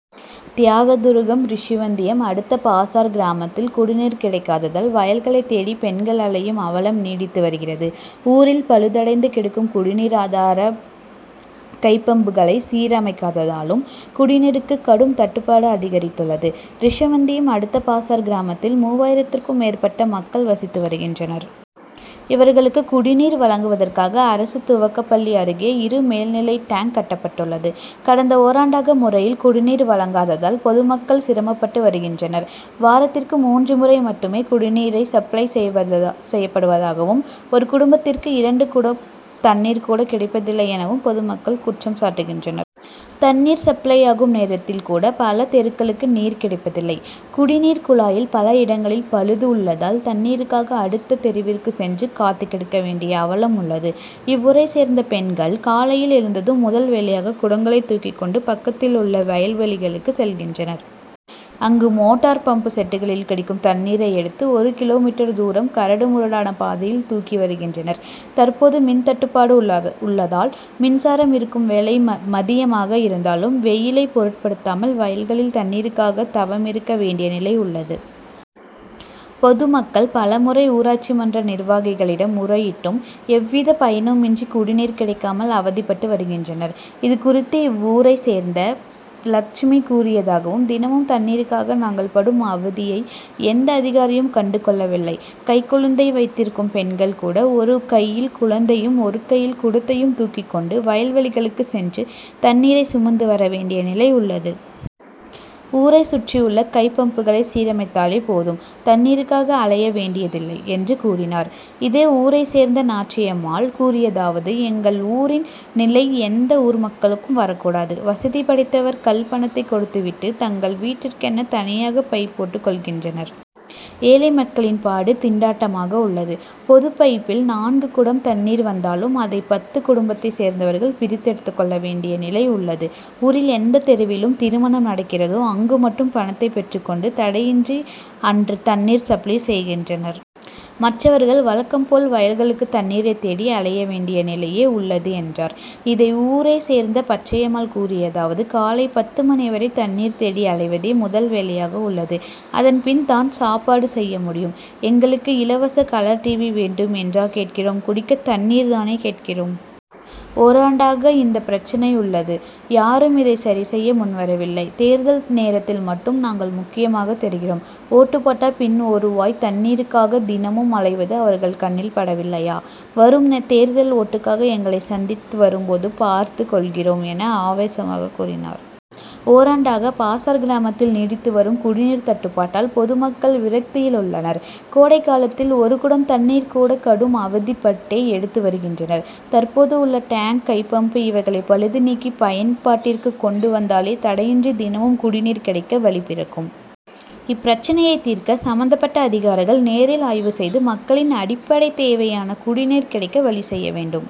தியாகதுருகம் ரிஷிவந்தியம் அடுத்த பாசார் கிராமத் தில் குடிநீர் கிடைக்காததால் வயல்களை தேடி பெண்கள் அலையும் அவலம் நீடித்து வருகிறது. ஊரில் பழுதடைந்து கிடக்கும் குடிநீர் ஆதார கைப்பம்புகளை சீரமைக்காததாலும் குடிநீருக்கு கடும் தட்டுபாடு அதிகரித்துள்ளது. ரிஷிவந்தியம் அடுத்த பாசார் கிராமத்தில் மூவாயிரத்துக்கும் மேற்பட்ட மக்கள் வசித்து வருகின்றனர். இவர்களுக்கு குடிநீர் வழங்குவதற்காக அரசு துவக்கப் பள்ளி அருகே இரு மேல்நிலை டேங்க் கட்டப்பட்டுள்ளது. கடந்த ஓராண்டாக முறையான குடிநீர் வழங்காததால் பொதுமக்கள் சிரமப்பட்டு வருகின்றனர். வாரத்திற்கு மூன்று முறை மட்டுமே குடிநீர் சப்ளை செய்யப்படுவதாகவும் ஒரு குடும்பத்திற்கு இரண்டு குடம் தண்ணீர் கூட கிடைப்பதில்லை எனவும் பொதுமக்கள் குற்றம் சாட்டுகின்றனர். தண்ணீர் சப்ளை ஆகும் நேரத்தில் கூட பல தெருக்களுக்கு நீர் கிடைப்பதில்லை. குடிநீர் குழாயில் பல இடங்களில் பழுது உள்ளதால் தண்ணீருக்காக அடுத்த தெருவிற்கு சென்று காத்துக்கிடக்கவேண்டிய அவலம் உள்ளது. இவ்வூரை சேர்ந்த பெண்கள் காலையில் எழுந்ததும் முதல் வேலையாக குடங்களை தூக்கிக்கொண்டு பக்கத்தில் உள்ள வயல்வெளிகளுக்குச் செல்கின்றனர். அங்கு மோட் டார் பம்பு செட்டுகளில் கிடைக்கும் தண்ணீரை எடுத்து ஒரு கி. மீ. தூரம் கரடு முரடான பாதையில் தூக்கி வருகின்றனர். தற்போது மின்தட்டுபாடு உள்ளதால் மின்சாரம் இருக்கும் வேளை மதியமாக இருந்தாலும் வெயிலை பொருட்படுத்தாமல் வயல்களில் தண்ணீருக்காக தவமிருக்க வேண்டிய நிலை உள்ளது. பொதுமக்கள் பலமுறை ஊராட்சி மன்ற நிர்வாகிகளிடம் முறையிட்டும் எவ் வித பயனுமின்றி குடிநீர் கிடைக்காமல் அவதிப்பட்டு வருகின்றனர். இதுகுறித்து இவ்வூரை சேர்ந்த லட்சுமி கூறியதாவது தினமும் தண்ணீருக்காக நாங்கள் படும் அவதியை எந்த அதிகாரியும் கண்டு கொள்ளவில்லை. கைக்குழந்தை வைத்திருக்கும் பெண்கள் கூட ஒரு கையில் குழந் தையும் ஒரு கையில் குடத்தையும் தூக் கிக் கொண்டு வயல்வெளிகளுக்கு சென்று தண் ணீரை சுமந்து வர வேண் டிய நிலை உள் ளது. ஊரை சுற்றியுள்ள கைப் பம்பை சீரமைத் தாலே போதும் தண்ணீருக் காக அலைய வேண்டியதில்லை என்று கூறினார். இதே ஊரை சேர்ந்த நாச்சியம்மாள் கூறியதாவது எங்கள் ஊரின் நிலை எந்த ஊர்மக்களுக்கும் வரக்கூடாது. வசதி படைத்தவர் கள் பணத்தை கொடுத்துவிட்டு தங்கள் வீட்டிற்கென தனியாக பைப் போட்டு கொள்கின்றனர். ஏழை மக்களின் பாடு திண்டாட் டமாக உள்ளது. பொது பைப்பில் நான்கு குடம் தண்ணீர் வந் தாலும் அதை பத்து குடும்பத்தை சேர்ந்தவர்கள் பிரித்து எடுத்துக் கொள்ள வேண்டிய நிலை உள்ளது. ஊரில் எந்த தெருவில் திருமணம் நடக்கிறதோ அங்கு மட்டும் பணத்தை பெற்றுக் கொண்டு தடையின்றி அன்று தண்ணீர் சப்ளை செய்கின்றனர். மற்றவர்கள் வழக்கம் போல் வயல்களுக்கு தண்ணீரை தேடி அலையவேண் டிய நிலையே உள்ளது என்றார். இதே ஊரை சேர்ந்த பச்சையம்மாள் கூறியதாவது காலை பத்து மணிவரை தண்ணீர் தேடி அலைவதே முதல்வேலையாக உள்ளது. அதன் பின் தான் சாப்பாடு செய்யமுடியும். எங்களுக்கு இலவச கலர் டிவி வேண்டும் என்றா கேட்கிறோம் குடிக்க தண்ணீர் தானே கேட்கிறோம். ஓராண் டாக இந்த பிரச்னை உள் ளது யாரும் இதை சரிசெய்ய முன்வரவில்லை. தேர் தல் நேரத்தில் மட்டும் நாங்கள் முக்கியமாக தெரிகிறோம் ஓட்டுபோட்ட பின் ஒருவாய் தண்ணீருக்காக தினமும் அலைவது அவர்கள் கண்ணில் படவில்லையா. வரும் தேர்தலில் ஓட்டுக்காக எங்களை சந்திக்க வரும்போது பார்த்துக் கொள்கிறோம் என ஆவேசமாக கூறினார். ஓராண்டாக பாசார் கிராமத்தில் நீடித்து வரும் குடிநீர் தட்டுப்பாட்டால் பொதுமக்கள் விரக்தியில் உள்ளனர். கோடைகாலத்தில் ஒரு குடம் தண்ணீரை கூட கடும் அவதிப்பட்டே எடுத்து வருகின்றனர். தற்போது உள்ள டேங்க் கைப்பம்பு இவைகளை பழுது நீக்கி பயன் பாட்டிற்கு கொண்டு வந்தாலே தடையின்றி தினமும் குடிநீர் கிடைக்க வழிபிறக்கும். இப்பிரச்னையை தீர்க்க சம்பந்தப்பட்ட அதிகாரிகள் நேரில் ஆய்வு செய்து மக்களின் அடிப் படை தேவையான குடிநீர் கிடைக்க வழி செய்ய வேண்டும்.